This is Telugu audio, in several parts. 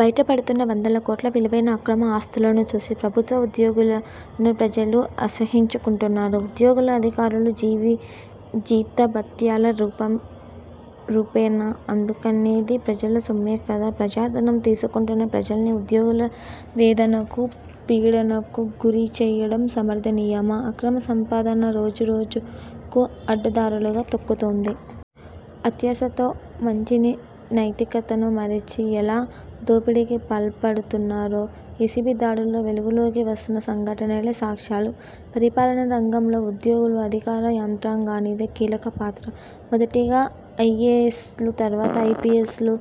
బయటపడుతున్న వందల కోట్ల విలువైన అక్రమ ఆస్తులను చూసి ప్రభుత్వ ఉద్యోగులను ప్రజలు అసహ్యించుకుంటున్నారు. ఉద్యోగులు, అధికారులు జీతభత్యాల రూపేణా అందుకునేది ప్రజల సొమ్మే కదా. ప్రజాధనం తీసుకుంటున్న ప్రజల్ని ఉద్యోగులు వేదనకు, పీడనకు గురిచేయడం సమర్థనీయమా? అక్రమ సంపాదన రోజు రోజుకు అడ్డదారులు తొక్కుతోంది. అత్యాశతో మంచిని, నైతికతను మరచి ఎలా దోపిడీకి పాల్పడుతున్నారో ఏసీబీ దాడుల్లో వెలుగులోకి వస్తున్న సంఘటనలే సాక్ష్యాలు. పరిపాలనా రంగంలో ఉద్యోగులు, అధికార యంత్రాంగానిదే కీలకపాత్ర. మొదటిగా ఐఏఎస్లు, తరువాత ఐపీఎస్లు,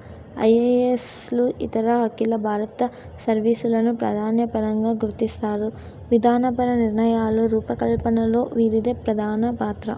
ఐఎఫ్ఎస్లు, ఇతర అఖిల భారత సర్వీసులను ప్రాధాన్య పరంగా గుర్తిస్తారు. విధానపర నిర్ణయాల రూపకల్పనలో వీరిదే ప్రధాన పాత్ర.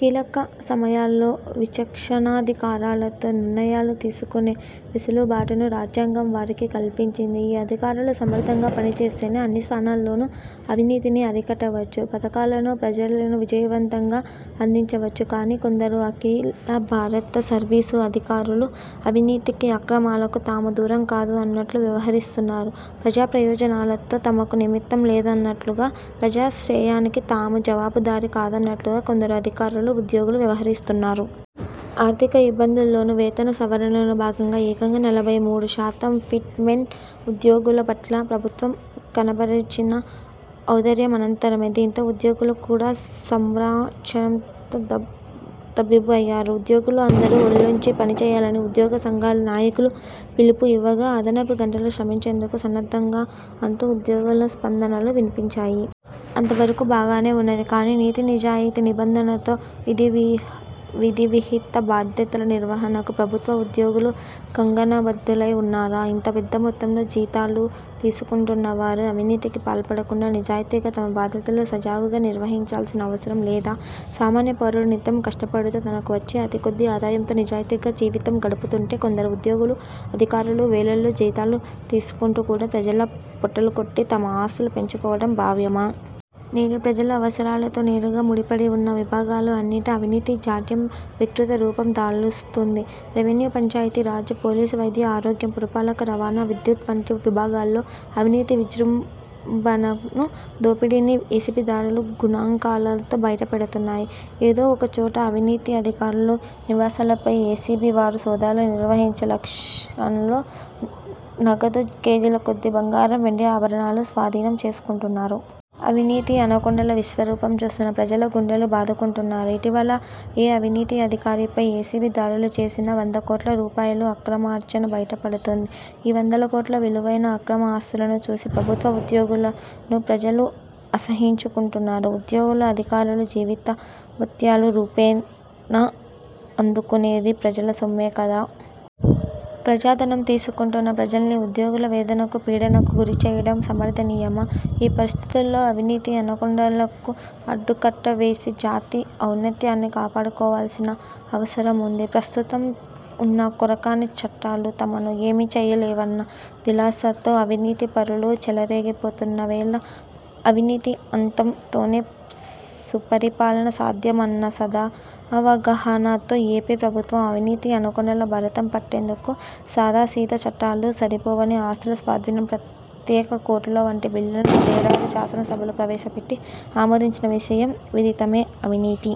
కీలక సమయాల్లో విచక్షణాధికారాలతో నిర్ణయాలు తీసుకొనే వెసులుబాటును రాజ్యాంగం వారికి కల్పించింది. ఈ అధికారులు సమర్థంగా పనిచేస్తేనే అన్నిస్థాయిల్లోనూ అవినీతిని అరికట్టవచ్చు. పథకాలను ప్రజలకు విజయవంతంగా అందించవచ్చు. కానీ కొందరు అఖిలభారత సర్వీసు అధికారులు అవినీతికి, అక్రమాలకు తాము దూరం కాదు అన్నట్లు వ్యవహరిస్తున్నారు. ప్రజాప్రయోజనాలతో తమకు నిమిత్తం లేదన్నట్లుగా, ప్రజాశ్రేయానికి తాము జవాబుదారీ కాదన్నట్లుగా కొందరు అధికారులు, ఉద్యోగులు వ్యవహరిస్తున్నారు. ఆర్థిక ఇబ్బందుల్లోనూ వేతన సవరణలో భాగంగా ఏకంగా నలభై మూడుశాతం ఫిట్ మెంట్ ఉద్యోగుల పట్ల ప్రభుత్వం కనబరిచిన ఔదార్యం అనంతమైనది. దీంతో ఉద్యోగులు కూడా సంభ్రశ్చర్యంతో తబ్బిబ్బు అయ్యారు. ఉద్యోగులు అందరూ ఒళ్లొంచి పనిచేయాలని ఉద్యోగ సంఘాల నాయకులు పిలుపు ఇవ్వగా, అదనపు గంటలు శ్రమించేందుకు సన్నద్ధం అంటూ ఉద్యోగుల స్పందనలు వినిపించాయి. అంతవరకూ బాగానే ఉన్నది. కానీ నీతి, నిజాయితీ, నిబద్ధతతో విధివిహిత బాధ్యతల నిర్వహణకు ప్రభుత్వ ఉద్యోగులు కంకణబద్దులై ఉన్నారా? ఇంత పెద్ద మొత్తంలో జీతాలు తీసుకుంటున్నవారు అవినీతికి పాల్పడకుండా నిజాయితీగా తమ బాధ్యతలు సజావుగా నిర్వహించాల్సిన అవసరం లేదా? సామాన్య పౌరుడు నిత్యం కష్టపడుతూ తనకు వచ్చే అతి కొద్ది ఆదాయంతో నిజాయితీగా జీవనం గడుపుతుంటే కొందరు ఉద్యోగులు, అధికారులు వేలల్లో జీతాలు తీసుకుంటూ కూడా ప్రజల పొట్టలుకొట్టి తమ ఆస్తులు పెంచుకోవటం భావ్యమా? నేడు ప్రజల అవసరాలతో నేరుగా ముడిపడి ఉన్న విభాగాల అన్నింటా అవినీతి జాడ్యం వికృతరూపం దాలుస్తుంది. రెవెన్యూ, పంచాయతీ రాజ్, పోలీస్, వైద్య ఆరోగ్యం, పురపాలక, రవాణా, విద్యుత్ వంటి విభాగాల్లో అవినీతి విజృంభణను, దోపిడీని ఏసీబీ దాడులు గణాంకాలతో బయటపెడుతున్నాయి. ఏదో ఒకచోట అవినీతి అధికారుల నివాసాలపై ఏసీబీ వారు సోదాలు నిర్వహించి లక్షల్లో నగదు, కేజీల కొద్ది బంగారం వెండి ఆభరణాలు స్వాధీనం చేసుకుంటున్నారు. అవినీతి అనకొండల విశ్వరూపం చూస్తున్న ప్రజలు గుండెలు బాదుకుంటున్నారు. ఇటీవల ఏ అవినీతి అధికారిపై ఏసీబీ దాడులు చేసినా వందల కోట్ల రూపాయల అక్రమార్జన బయటపడుతుంది. ఈ వందల కోట్ల విలువైన అక్రమ ఆస్తులను చూసి ప్రభుత్వ ఉద్యోగులను ప్రజలు అసహ్యించుకుంటున్నారు. ఉద్యోగులు, అధికారులు జీతభత్యాల రూపేణా అందుకునేది ప్రజల సొమ్మే కదా. ప్రజాధనం తీసుకుంటున్న ప్రజల్ని ఉద్యోగులు వేదనకు, పీడనకు గురిచేయడం సమర్థనీయమా? ఈ పరిస్థితుల్లో అవినీతి అనకొండలకు అడ్డుకట్ట వేసి జాతి ఔన్నత్యాన్ని కాపాడుకోవాల్సిన అవసరముంది. ప్రస్తుతం ఉన్న కొరగాని చట్టాలు తమను ఏమీ చేయలేవన్న దిలాసాతో అవినీతిపరులు చెలరేగిపోతున్న వేళ అవినీతి అంతంతోనే సుపరిపాలన సాధ్యం అన్న సదవగాహనతో ఏపీ ప్రభుత్వం అవినీతి అనకొండల భరతం పట్టేందుకు సాదా సీదా చట్టాలు సరిపోవని ఆస్తుల స్వాధీనం, ప్రత్యేక కోర్టుల వంటి బిల్లును గత ఏడాది శాసనసభలో ప్రవేశపెట్టి ఆమోదించిన విషయం విదితమే. అవినీతి,